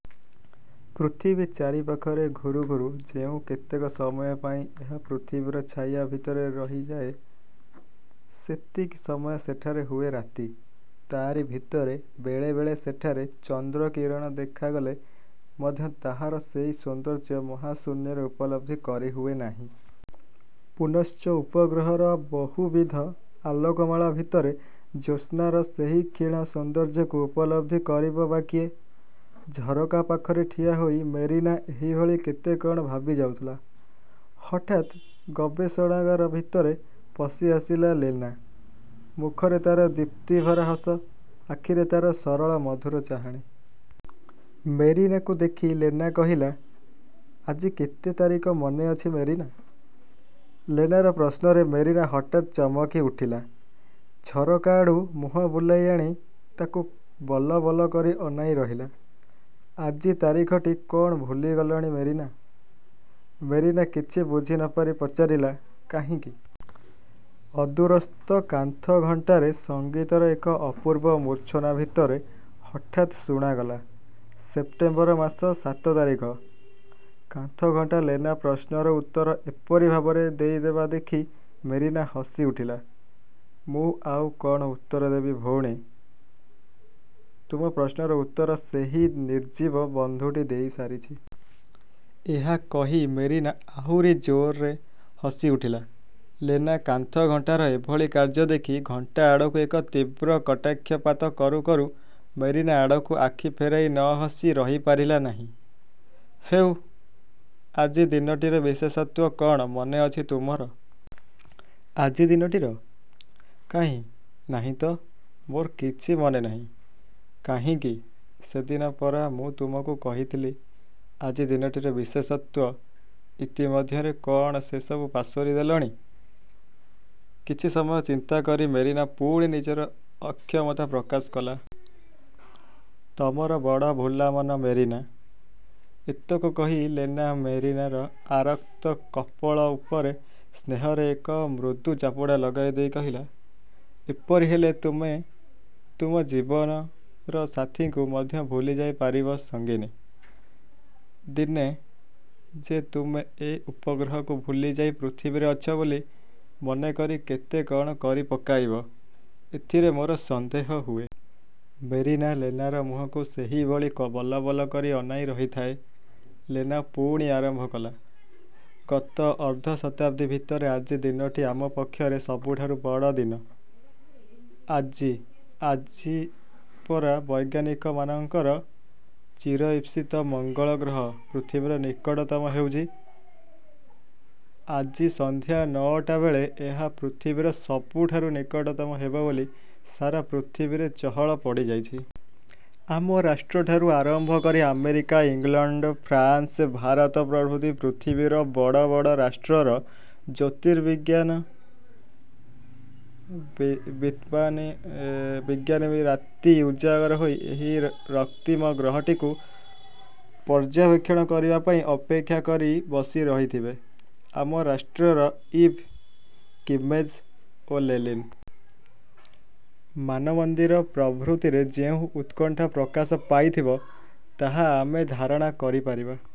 ପୃଥିବୀ ଚାରିପାଖରେ ଘୂରୁ ଘୂରୁ ଯେଉଁ କେତେକ ସମୟ ପାଇଁ ଏହା ପୃଥିବୀର ଛାୟା ଭିତରେ ରହଯାଏ, ସେତିକି ସମୟ ସେଠାରେ ହୁଏ ରାତି। ତା'ରି ଭିତରେ ବେଳେବେଳେ ସେଠାରେ ଚନ୍ଦ୍ରକିରଣ ଦେଖାଗଲେ ମଧ୍ୟ ତାହାର ସେହି ସୌନ୍ଦର୍ଯ୍ୟ ମହାଶୂନ୍ୟରେ ଉପଲବ୍ଧି କରି ହୁଏ ନାହିଁ। ପୁନଶ୍ଚ ଉପଗ୍ରହର ବହୁବିଧ ଆଲୋକମାଳା ଭିତରେ ଜ୍ୟୋସ୍ନାର ସେହି କ୍ଷୀଣ ସୌନ୍ଦର୍ଯ୍ୟକୁ ଉପଲବ୍ଧି କରିବ ବା କିଏ? ଝରକା ପାଖରେ ଠିଆହୋଇ ମେରିନା ଏହିଭଳି କେତେ କ'ଣ ଭାବିଯାଉଥିଲା। ହଠାତ୍ ଗବେଷଣାଗାର ଭିତରେ ପଶିଆସିଲା ଲେନା। ମୁଖରେ ତାର ଦୀପ୍ତିଭରା ହସ, ଆଖିରେ ତାର ସରଳ ମଧୁର ଚାହାଣି। ମେରିନାକୁ ଦେଖି ଲେନା କହିଲା, ''ଆଜି କେତେ ତାରିଖ ମନେ ଅଛି ମେରିନା? '' ଲେନାର ପ୍ରଶ୍ନରେ ମେରିନା ହଠାତ୍ ଚମକି ଉଠିଲା। ଝରକା ଆଡ଼ୁ ମୁହଁ ବୁଲାଇ ଆଣି ତା'କୁ ବଲବଲ କରି ଅନାଇ ରହିଲା, ''ଆଜି ତାରିଖଟି କ'ଣ ଭୁଲିଗଲଣି ମେରିନା? ''ମେରିନା କିଛି ବୁଝି ନପାରି ପଚାରିଲା, ''କାହିଁକି? '' ଅଦୂରସ୍ଥ କାନ୍ଥଘଣ୍ଟାରେ ସଙ୍ଗୀତର ଏକ ଅପୂର୍ବ ମୂର୍ଚ୍ଛନା ଭିତରେ ହଠାତ୍ ଶୁଣାଗଲା–''ସେପ୍ଟେମ୍ୱର ମାସ ସାତ ତାରିଖ। '' କାନ୍ଥଘଣ୍ଟା ଲେନା ପ୍ରଶ୍ନର ଉତ୍ତର ଏପରି ଭାବରେ ଦେଇଦେବା ଦେଖି ମେରିନା ହସି ଉଠିଲା। ''ମୁଁ ଆଉ କ'ଣ ଉତ୍ତର ଦେବୀ ଭଉଣୀ? ତୁମ ପ୍ରଶ୍ନର ଉତ୍ତର ସେହି ନିର୍ଜୀବ ବନ୍ଧୁଟି ଦେଇସାରିଛି। ' ଏହା କହି ମେରିନା ଆହୁରି ଜୋର୍ରେ ହସି ଉଠିଲା। ଲେନା କାନ୍ଥଘଣ୍ଟାର ଏଭଳି କାର୍ଯ୍ୟ ଦେଖି ଘଣ୍ଟା ଆଡ଼କୁ ଏକ ତୀବ୍ର କଟାକ୍ଷପାତ କରୁ କରୁ ମେରିନା ଆଡ଼କୁ ଆଖି ଫେରାଇ ନହସି ରହିପାରିଲା ନାହିଁ। ''ହେଉ, ଆଜି ଦିନଟିର ବିଶେଷତ୍ୱ କ'ଣ ମନେ ଅଛି ତୁମର? '' ''ଆଜି ଦିନଟିର? କାହିଁ, ନାଇଁ ତ–ମୋର କିଛି ମନେ ନାହିଁ। '' ''କାହିଁକି, ସେଦିନ ପରା ମୁଁ ତୁମକୁ କହିଥିଲି, ଆଜି ଦିନଟିର ବିଶେଷତ୍ୱ। ଇତିମଧ୍ୟରେ କ'ଣ ସେ ସବୁ ପାସୋରି ଦେଲଣି? '' କିଛି ସମୟ ଚିନ୍ତା କରି ମେରିନା ପୁଣି ନିଜର ଅକ୍ଷମତା ପ୍ରକାଶ କଲା। ''ତମର ବଡ଼ ଭୁଲା ମନ ମେରିନା! '' ଏତକ କହି ଲେନା ମେରିନାର ଆରକ୍ତ କପୋଳ ଉପରେ ସ୍ନେହର ଏକ ମୃଦୁ ଚାପୁଡ଼ା ଲଗାଇ ଦେଇ କହିଲା, ''ଏପରି ହେଲେ ତୁମେ ତୁମ ଜୀବନର ସାଥୀଙ୍କୁ ମଧ୍ୟ ଭୁଲିଯାଇ ପାରିବ ସଙ୍ଗିନି! ଦିନେ ଯେ ତୁମେ ଏ ଉପଗ୍ରହକୁ ଭୁଲିଯାଇ ପୃଥିବୀରେ ଅଛ ବୋଲି ମନେ କରି କେତେ କଣ କରିପକାଇବ, ଏଥିରେ ମୋର ସନ୍ଦେହ ହୁଏ। '' ମେରିନା ଲେନାର ମୁହଁକୁ ସେହିଭଳି ବଲବଲ କରି ଅନାଇ ରହିଥାଏ। ଲେନା ପୁଣି ଆରମ୍ଭ କଲା–'ଗତ ଅର୍ଦ୍ଧ-ଶତାବ୍ଦୀ ଭିତରେ ଆଜି ଦିନଟି ଆମ ପକ୍ଷରେ ସବୁଠାରୁ ବଡ଼ ଦିନ। ଆଜି। ପରା ବୈଜ୍ଞାନିକମାନଙ୍କର ଚିରଈପ୍ସିତ ମଙ୍ଗଳଗ୍ରହ ପୃଥିବୀର ନିକଟତମ ହେଉଛି? ଆଜି ସନ୍ଧ୍ୟା ନ'ଟା ବେଳେ ଏହା ପୃଥିବୀର ସବୁଠାରୁ ନିକଟତମ ହେବ ବୋଲି ସାରା ପୃଥିବୀରେ ଚହଳ ପଡ଼ିଯାଇଛି। ଆମ ରାଷ୍ଟ୍ରଠାରୁ ଆରମ୍ଭ କରି ଆମେରିକା, ଇଂଲଣ୍ଡ, ଫ୍ରାନ୍ସ, ଭାରତ ପ୍ରଭୃତି ପୃଥିବୀର ବଡ଼ ବଡ଼ ରାଷ୍ଟ୍ରର ଜ୍ୟୋତିର୍ବିଜ୍ଞାନବିତ୍ମାନେ ରାତି ଉଜାଗର ହୋଇ ଏହି ରକ୍ତିମ ଗ୍ରହଟିକୁ ପର୍ଯ୍ୟବେକ୍ଷଣ କରିବା ପାଇଁ ଅପେକ୍ଷା କରି ବସି ରହିଥିବେ। ଆମ ରାଷ୍ଟ୍ରର ଇଭ୍, କିମେଜ୍ ଓ ଲେନିନ୍ ମାନମନ୍ଦିର ପ୍ରଭୃତିରେ ଯେଉଁ ଉତ୍କଣ୍ଠା ପ୍ରକାଶ ପାଇଥିବ, ତାହା ଆମେ ଧାରଣା କରିପାରିବା